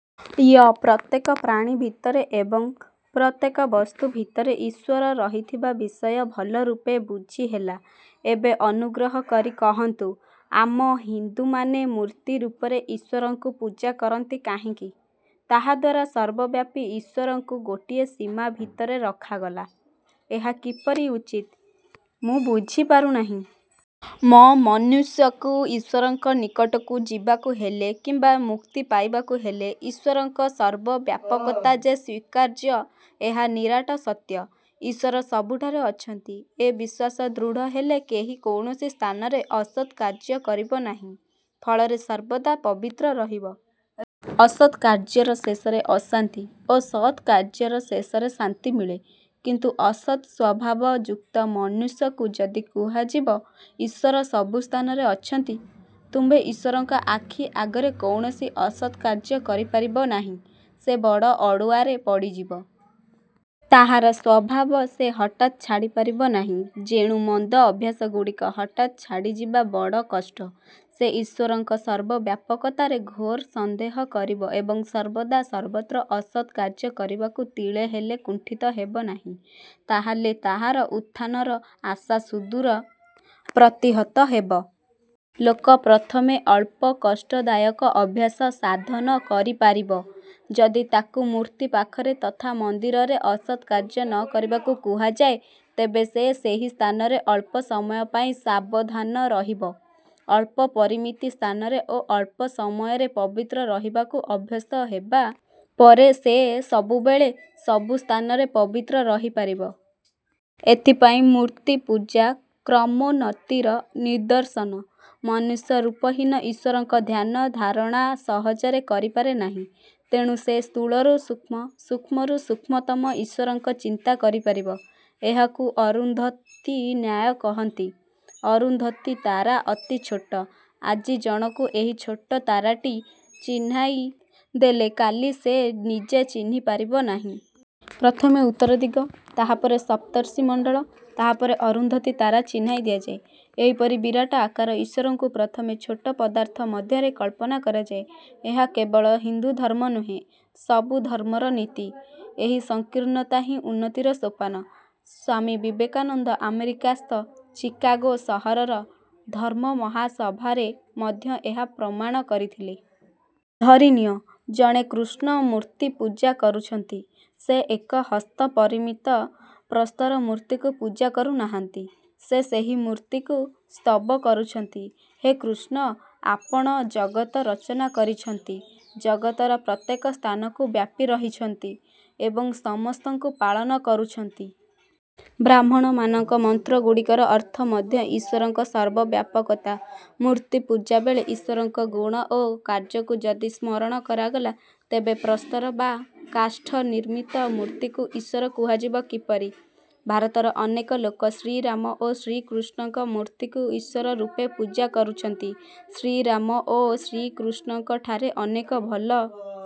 ୟ-ପ୍ରତ୍ୟେକ ପ୍ରାଣୀ ଭିତରେ ଏବଂ। ପ୍ରତ୍ୟେକ ବସ୍ତୁ ଭିତରେ ଈଶ୍ଵର ରହିଥିବା ବିଷୟ ଭଲରୂପେ ବୁଝି ହେଲା। ଏବେ ଅନୁଗ୍ରହ କରି କହନ୍ତୁ, ଆମ ହିନ୍ଦୁମାନେ ମୂର୍ତ୍ତି ରୂପରେ ଈଶ୍ଵରଙ୍କୁ ପୂଜା କରନ୍ତି କାହିଁକି? ତାହାଦ୍ୱାରା ସର୍ବବ୍ୟାପୀ ଈଶ୍ଵରଙ୍କୁ ଗୋଟିଏ ସୀମା ଭିତରେ ରଖାଗଲା। ଏହା କିପରି ଉଚିତ, ମୁଁ ବୁଝିପାରୁ ନାହିଁ। ମ-ମନୁଷ୍ୟକୁ ଈଶ୍ଵରଙ୍କ ନିକଟକୁ ଯିବାକୁ ହେଲେ କିମ୍ବା ମୁକ୍ତି ପାଇବାକୁ ହେଲେ ଈଶ୍ଵରଙ୍କ ସର୍ବବ୍ୟାପକତା ଯେ ସ୍ଵୀକାର୍ଯ୍ୟ, ଏହା ନିରାଟ ସତ୍ୟ। ଈଶ୍ଵର ସବୁଠାରେ ଅଛନ୍ତି, ଏ ବିଶ୍ଵାସ ଦୃଢ଼ ହେଲେ କେହି କୌଣସି ସ୍ଥାନରେ ଅସତ୍ କାର୍ଯ୍ୟ କରିବ ନାହିଁ; ଫଳରେ ସର୍ବଦା ପବିତ୍ର ରହିବ। ଅସତ୍ କାର୍ଯ୍ୟର ଶେଷରେ ଅଶାନ୍ତି ଓ ସତ୍ କାର୍ଯ୍ୟ ଶେଷରେ ଶାନ୍ତି ମିଳେ। କିନ୍ତୁ ଅସତ୍ ସ୍ଵଭାବ ଯୁକ୍ତ ମନୁଷ୍ୟକୁ ଯଦି କୁହାଯିବ, "ଈଶ୍ଵର ସବୁ ସ୍ଥାନରେ ଅଛନ୍ତି। ତୁମ୍ଭେ ଈଶ୍ଵରଙ୍କ ଆଖି ଆଗରେ କୌଣସି ଅସତ୍ କାର୍ଯ୍ୟ କରିପାରିବ ନାହିଁ। " ସେ ବଡ଼ ଅଡ଼ୁଆରେ ପଡ଼ିଯିବ। ତାହାର ସ୍ଵଭାବ ସେ ହଠାତ୍ ଛାଡ଼ିପାରିବ ନାହିଁ। ଯେଣୁ ମନ୍ଦ ଅଭ୍ୟାସଗୁଡ଼ିକ ହଠାତ୍ ଛାଡ଼ିବା ବଡ଼ କଷ୍ଟ। ସେ ଈଶ୍ଵରଙ୍କ ସର୍ବବ୍ୟାପକତାରେ ଘୋର ସନ୍ଦେହ କରିବ ଏବଂ ସର୍ବଦା ସର୍ବତ୍ର ଅସତ୍ କାର୍ଯ୍ୟ କରିବାକୁ ତିଳେହେଲେ କୁଣ୍ଠିତ ହେବ ନାହିଁ। ତାହାହେଲେ ତାହାର ଉତ୍ଥାନର ଆଶା ସୁଦୂର ପ୍ରତିହତ ହେବ-। ଲୋକ ପ୍ରଥମେ ଅଳ୍ପ କଷ୍ଟଦାୟକ ଅଭ୍ୟାସ ସାଧନ କରିପାରିବ। ଯଦି ତାକୁ ମୂର୍ତ୍ତି ପାଖରେ ତଥା ମନ୍ଦିରରେ ଅସତ୍ କାର୍ଯ୍ୟ ନ କରିବାକୁ କୁହାଯାଏ, ତେବେ ସେ ସେହି ସ୍ଥାନରେ ଅଳ୍ପ ସମୟ ପାଇଁ ସାବଧାନ ରହିବ। ଅଳ୍ପ ପରିମିତି ସ୍ଥାନରେ ଓ ଅଳ୍ପ ସମୟରେ ପବିତ୍ର ରହିବାକୁ ଅଭ୍ୟସ୍ତ ହେବା ପରେ ସେ ସବୁବେଳେ ସବୁ ସ୍ଥାନରେ ପବିତ୍ର ରହି ପାରିବ। ଏଥିପାଇଁ ମୂର୍ତ୍ତିପୂଜା କ୍ରମୋନ୍ନତିର ନିଦର୍ଶନ। ମନୁଷ୍ୟ ରୂପହୀନ ଈଶ୍ଵରଙ୍କ ଧ୍ୟାନ ଧାରଣା ସହଜରେ କରିପାରେ ନାହିଁ। ତେଣୁ ସେ ସ୍ଥୂଳରୁ ସୂକ୍ଷ୍ମ, ସୂକ୍ଷ୍ମରୁ ସୂକ୍ଷ୍ମତମ ଈଶ୍ଵରଙ୍କ ଚିନ୍ତା କରିପାରିବ। ଏହାକୁ ଅରୁନ୍ଧତୀନ୍ୟାୟ କହନ୍ତି। ଅରୁନ୍ଧତୀ ତାରା ଅତି ଛୋଟ। ଆଜି ଜଣକୁ ଏହି ଛୋଟ ତାରାଟି ଚିହ୍ନାଇ ଦେଲେ କାଲି ସେ ନିଜେ ଚିହ୍ନି ପାରିବ ନାହିଁ। ପ୍ରଥମେ ଉତ୍ତର ଦିଗ, ତାହାପରେ ସପ୍ତର୍ଷିମଣ୍ଡଳ, ତାହାପରେ ଅରୁନ୍ଧତୀ ତାରା ଚିହ୍ନାଇ ଦିଆଯାଏ। ଏହିପରି ବିରାଟ ଆକାର ଈଶ୍ଵରଙ୍କୁ ପ୍ରଥମେ ଛୋଟ ପଦାର୍ଥ ମଧ୍ୟରେ କଳ୍ପନା କରାଯାଏ। ଏହା କେବଳ ହିନ୍ଦୁ ଧର୍ମ ନୁହେଁ, ସବୁ ଧର୍ମର ନୀତି। ଏହି ସଂକୀର୍ଣ୍ଣତାହିଁ ଉନ୍ନତିର ସୋପାନ। ସ୍ଵାମୀ ବିକେକାନନ୍ଦ ଆମେରିକାସ୍ଥ ଚିକାଗୋ ସହରର ଧର୍ମ ମହାସଭାରେ ମଧ୍ୟ ଏହା ପ୍ରମାଣ କରିଥିଲେ। ଧରିନିଅ, ଜଣେ କୃଷ୍ଣ ମୂର୍ତ୍ତି ପୂଜା କରୁଛନ୍ତି। ସେ ଏକ ହସ୍ତ ପରିମିତ ପ୍ରସ୍ତର ମୂର୍ତ୍ତିକୁ ପୂଜା କରୁ ନାହାନ୍ତି। ସେ ସେହି ମୂର୍ତ୍ତିକୁ ସ୍ତବ କରୁଛନ୍ତି, "ହେ କୃଷ୍ଣ! ଆପଣ ଜଗତ ରଚନା କରିଛନ୍ତି, ଜଗତର ପ୍ରତ୍ୟେକ ସ୍ଥାନକୁ ବ୍ୟାପି ରହିଛନ୍ତି ଏବଂ ସମସ୍ତଙ୍କୁ ପାଳନ କରୁଛନ୍ତି। " ବ୍ରାହ୍ମଣମାନଙ୍କ ମନ୍ତ୍ରଗୁଡ଼ିକର ଅର୍ଥ ମଧ୍ୟ ଈଶ୍ଵରଙ୍କ ସର୍ବ ବ୍ୟାପକତା। ମୂର୍ତ୍ତି ପୂଜା ବେଳେ ଈଶ୍ଵରଙ୍କ ଗୁଣ ଓ କାର୍ଯ୍ୟକୁ ଯଦି ସ୍ମରଣ କରାଗଲା, ତେବେ ପ୍ରସ୍ତର ବା କାଷ୍ଠ ନିର୍ମିତ ମୂର୍ତ୍ତିକୁ ଈଶ୍ଵର କୁହାଯିବ କିପରି? ଭାରତର ଅନେକ ଲୋକ ଶ୍ରୀରାମ ଓ ଶ୍ରୀକୃଷ୍ଣଙ୍କ ମୂର୍ତ୍ତିକୁ ଈଶ୍ଵରରୂପେ ପୂଜା କରୁଛନ୍ତି। ଶ୍ରୀରାମ ଓ ଶ୍ରୀକୃଷ୍ଣଙ୍କ ଠାରେ ଅନେକ ଭଲ